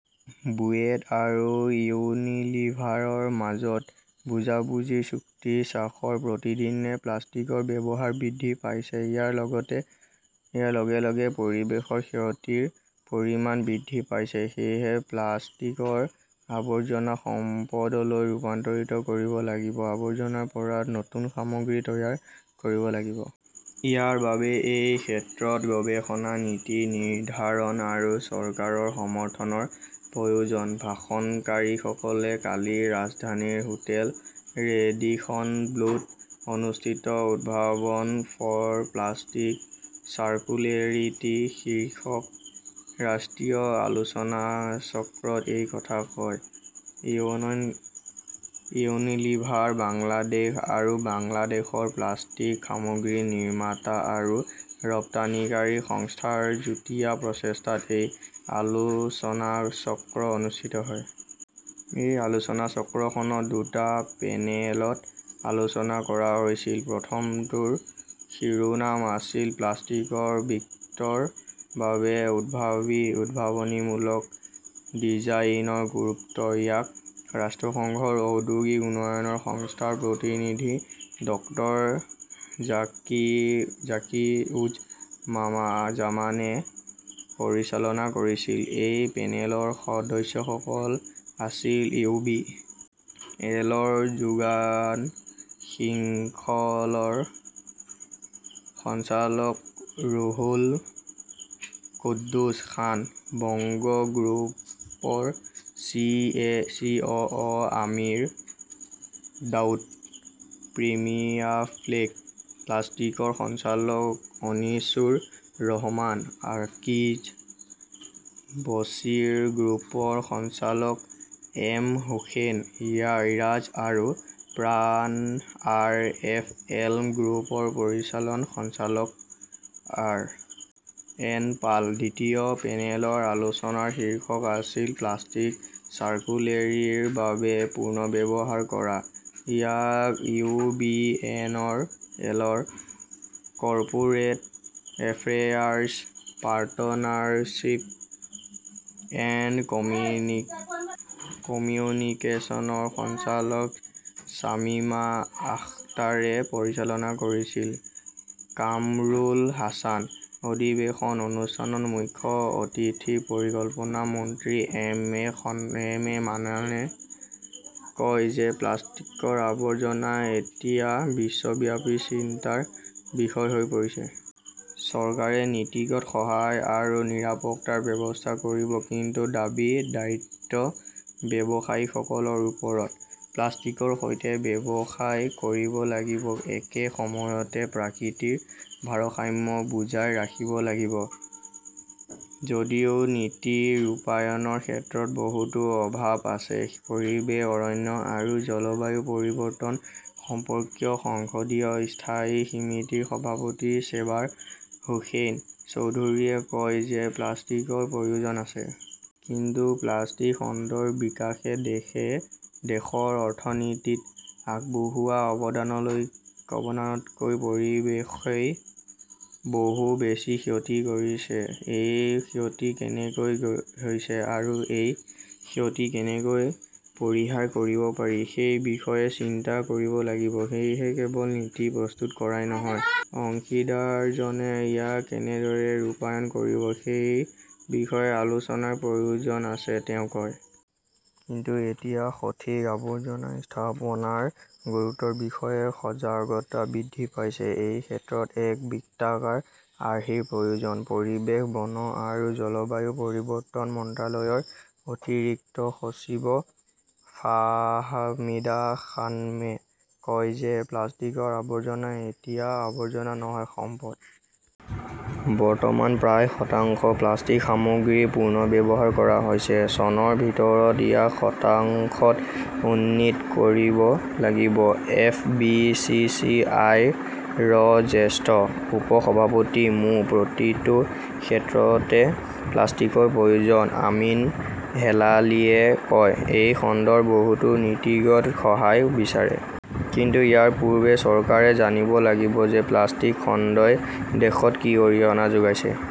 বুয়েট আৰু ইউনিলিভাৰৰ মাজত বুজাবুজিৰ চুক্তিত স্বাক্ষৰ প্ৰতিদিনে প্লাষ্টিকৰ ব্যৱহাৰ বৃদ্ধি পাইছে। ইয়াৰ লগে লগে পৰিৱেশৰ ক্ষতিৰ পৰিমাণ বৃদ্ধি পাইছে। সেয়েহে প্লাষ্টিকৰ আৱৰ্জনা সম্পদলৈ ৰূপান্তৰিত কৰিব লাগিব। আৱৰ্জনাৰ পৰা নতুন সামগ্ৰী তৈয়াৰ কৰিব লাগিব। ইয়াৰ বাবে এই ক্ষেত্ৰত গৱেষণা, নীতি নিৰ্ধাৰণ আৰু চৰকাৰৰ সমৰ্থনৰ প্ৰয়োজন। ভাষণকাৰীসকলে কালি ৰাজধানীৰ হোটেল ৰেডিসন ব্লুত অনুষ্ঠিত 'উদ্ভাৱন ফৰ প্লাষ্টিক চাৰ্কুলেৰিটি শীৰ্ষক ৰাষ্ট্ৰীয় আলোচনাচক্ৰত এই কথা কয়। ইউনিলিভাৰ বাংলাদেশ আৰু বাংলাদেশ প্লাষ্টিক সামগ্ৰী নিৰ্মাতা আৰু ৰপ্তানিকাৰী সংস্থা ৰ যুটীয়া প্ৰচেষ্টাত এই আলোচনাচক্ৰ অনুষ্ঠিত হয়। এই আলোচনাচক্ৰখনত দুটা পেনেলত আলোচনা কৰা হৈছিল। প্ৰথমটোৰ শিৰোনাম আছিল-প্লাষ্টিকৰ বৃত্তৰ বাবে উদ্ভাৱনীমূলক ডিজাইনৰ গুৰুত্ব। ইয়াক ৰাষ্ট্ৰসংঘৰ ঔদ্যোগিক উন্নয়ন সংস্থাৰ প্ৰতিনিধি ডক্টৰ জাকি উজ জামানে পৰিচালনা কৰিছিল। এই পেনেলৰ সদস্যসকল আছিল ইউ. বি. এল. ৰ যোগান শৃংখলৰ সঞ্চালক ৰুহুল কুদ্দুছ খান, বংগ গ্ৰুপৰ চি. অ. অ. আমিৰ দাউদ, প্ৰিমিয়াফ্লেপ প্লাষ্টিকৰ সঞ্চালক অনিছুৰ ৰহমান, আকিজ-বছিৰ গ্ৰুপৰ সঞ্চালক এম হোসেন ইৰাজ আৰু প্ৰাণ-আৰ. এফ. এল. গ্ৰুপৰ পৰিচালন সঞ্চালক আৰ. এন. পাল। দ্বিতীয় পেনেলৰ আলোচনাৰ শীৰ্ষক আছিল-প্লাষ্টিক চাৰ্কুলেৰীৰ বাবে পুনৰ্ব্যৱহাৰ কৰা। ইয়াক ইউ. বি. এল. ৰ কৰ্পোৰেট এফেয়াৰ্ছ, পাৰ্টনাৰশ্বিপ এণ্ড কমিউনিকেচনছৰ সঞ্চালক শ্বামিমা আখতাৰে পৰিচালনা কৰিছিল। কামৰুল হাছান। অধিৱেশন অনুষ্ঠানত মুখ্য অতিথি পৰিকল্পনা মন্ত্ৰী এম এ মান্নানে কয় যে প্লাষ্টিকৰ আৱৰ্জনা এতিয়া বিশ্বব্যাপী চিন্তাৰ বিষয় হৈ পৰিছে। চৰকাৰে নীতিগত সহায় আৰু নিৰাপত্তাৰ ব্যৱস্থা কৰিব। কিন্তু বাকী দায়িত্ব ব্যৱসায়ীসকলৰ ওপৰত। প্লাষ্টিকৰ সৈতে ব্যৱসায় কৰিব লাগিব, একে সময়তে প্ৰাকৃতিৰ ভাৰসাম্য বুজাই ৰাখিব লাগিব। যদিও নীতি ৰূপায়ণৰ ক্ষেত্ৰত বহুতো অভাৱ আছে। পৰিৱেশ, অৰণ্য আৰু জলবায়ু পৰিৱৰ্তন সম্পৰ্কীয় সংসদীয় স্থায়ী সিমিতিৰ সভাপতি চেবাৰ হোসেন চৌধুৰীয়ে কয় যে প্লাষ্টিকৰ প্ৰয়োজন আছে। কিন্তু প্লাষ্টিক খণ্ডৰ বিকাশে দেশৰ অৰ্থনীতিত আগবঢ়োৱা অৱদানতকৈ পৰিৱেশই বহু বেছি ক্ষতি কৰিছে। এই ক্ষতি কেনেকৈ হৈছে আৰু এই ক্ষতি কেনেকৈ পৰিহাৰ কৰিব পাৰি সেই বিষয়ে চিন্তা কৰিব লাগিব। সেয়েহে কেৱল নীতি প্ৰস্তুত কৰাই নহয়; অংশীদাৰজনে ইয়াক কেনেদৰে ৰূপায়ণ কৰিব সেই বিষয়ে আলোচনাৰ প্ৰয়োজন আছে, তেওঁ কয়। কিন্তু এতিয়া সঠিক আৱৰ্জনা ব্যৱস্থাপনাৰ গুৰুত্বৰ বিষয়ে সজাগতা বৃদ্ধি পাইছে। এই ক্ষেত্ৰত এক বৃত্তাকাৰ আৰ্হিৰ প্ৰয়োজন। পৰিৱেশ, বন আৰু জলবায়ু পৰিৱৰ্তন মন্ত্ৰালয়ৰ অতিৰিক্ত সচিব ফাহমিদা খানমে কয় যে প্লাষ্টিকৰ আৱৰ্জনা এতিয়া আৱৰ্জনা নহয়, সম্পদ। বৰ্তমান প্ৰায় শতাংশ প্লাষ্টিক সামগ্ৰী পুনৰ্ব্যৱহাৰ কৰা হৈছে। চনৰ ভিতৰত ইয়াক শতাংশত উন্নীত কৰিব লাগিব। F. B. C. C. I. ৰ জ্যেষ্ঠ উপ-সভাপতি মো. প্ৰতিটো ক্ষেত্ৰতে প্লাষ্টিকৰ প্ৰয়োজন, আমিন হেলালিয়ে কয়। এই খণ্ডৰ বহুতে নীতিগত সহায় বিচাৰে। কিন্তু ইয়াৰ পূৰ্বে চৰকাৰে জানিব লাগিব যে প্লাষ্টিক খণ্ডই দেশত কি অৰিহণা যোগাইছে,